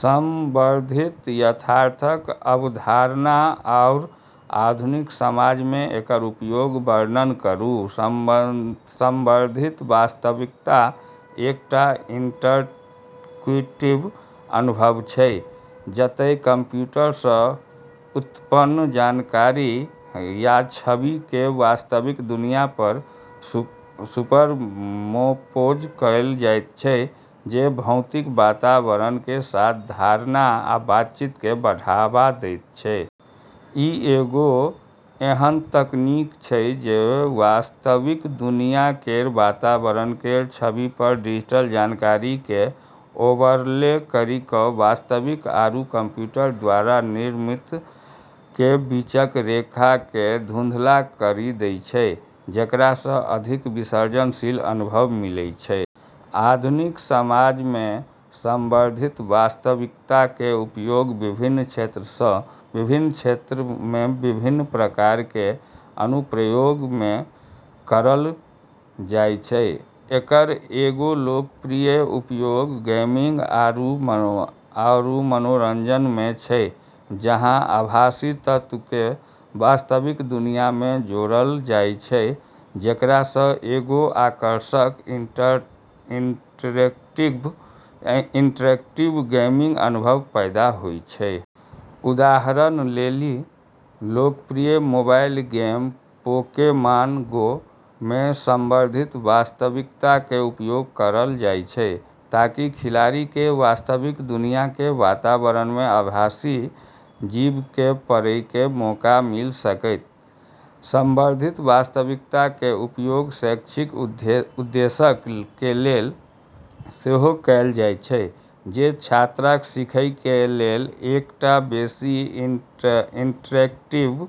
संवर्धित यथार्थक अवधारणा आऔर आधुनिक समाज मे एकर उपयोगक वर्णन करु: संवर्धित वास्तविकता एकटा इंटरैक्टिव अनुभव छै जतय कंप्यूटर सं उत्पन्न जानकारी या छवि के वास्तविक दुनिया पर सुपरइम्पोज कैल जायत छै, जे भौतिक वातावरण के साथ धारणा आ बातचीत के बढ़ावा दै छै। ई एगो ऐन्हऽ तकनीक छै जे वास्तविक दुनिया केरऽ वातावरण केरऽ छवि पर डिजिटल जानकारी के ओवरले करी कऽ वास्तविक आरू कंप्यूटर द्वारा निर्मित के बीचक रेखा के धुंधला करी दै छै, जेकरा सऽ अधिक विसर्जनशील अनुभव मिलै छै। आधुनिक समाज मे संवर्धित वास्तविकता के उपयोग विभिन्न क्षेत्रऽ मे विभिन्न प्रकार के अनुप्रयोगऽ मे करलऽ जाय छै। एकरऽ एगो लोकप्रिय उपयोग गेमिंग आरू मनोरंजन मे छै, जहाँ आभासी तत्व के वास्तविक दुनिया मे जोड़लऽ जाय छै, जेकरा सऽ एगो आकर्षक, इंटरैक्टिव गेमिंग अनुभव पैदा होय छै। उदाहरण लेली, लोकप्रिय मोबाइल गेम पोकेमॉन गो मे संवर्धित वास्तविकता के उपयोग करलऽ जाय छै ताकि खिलाड़ी के वास्तविक दुनिया के वातावरण मऽ आभासी जीव के पकड़ै के मौका मिल सकै। संवर्धित वास्तविकता के उपयोग शैक्षिक उद्देश्यक के लेल सेहो कैल जायत छै, जे छात्रक सीखय के लेल एकटा बेसि इंटरैक्टिव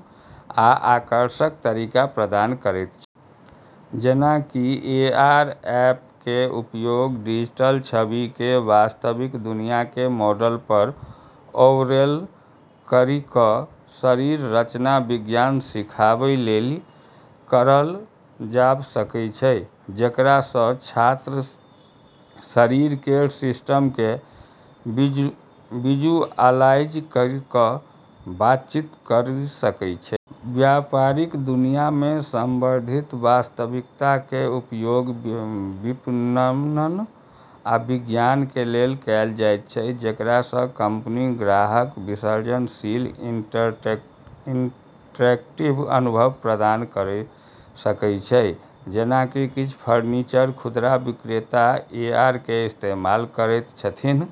आ आकर्षक तरीका प्रदान करयत छै। जेना कि एआर ऐप के उपयोग डिजिटल छवि के वास्तविक दुनिया के मॉडल पर ओवरले करी कऽ शरीर रचना विज्ञान सिखाबै लेली करलऽ जाब सकै छै, जेकरा सऽ छात्र शरीर केरऽ सिस्टम के विजुअलाइज करी कऽ बातचीत करी सकै छै। व्यापारिक दुनिया मे संवर्धित वास्तविकता के उपयोग विपणन आ विज्ञापन के लेल कैल जायत छै, जेकरा सं कंपनी ग्राहकक विसर्जनशील, इंटरैक्टिव अनुभव प्रदान करय सकय छै। जेना कि किछ फर्नीचर खुदरा विक्रेता एआर के इस्तेमाल करैत छथिन्ह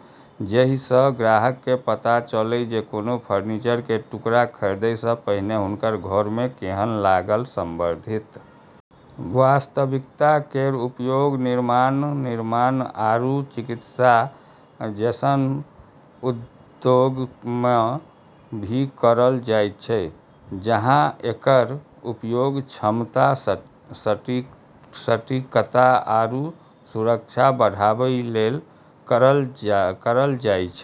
जेहि सं ग्राहक के पता चलय जे कोनो फर्नीचर के टुकड़ा खरीदय सऽ पहिने हुनकर घर मे केहन लागत ।संवर्धित वास्तविकता केरऽ उपयोग निर्माण, निर्माण, आरू चिकित्सा जैसनऽ उद्योगऽ मऽ भी करलऽ जाय छै, जहां एकरऽ उपयोग दक्षता, सटीकता, आरू सुरक्षा बढ़ाबै लेली करलऽ जाय छै।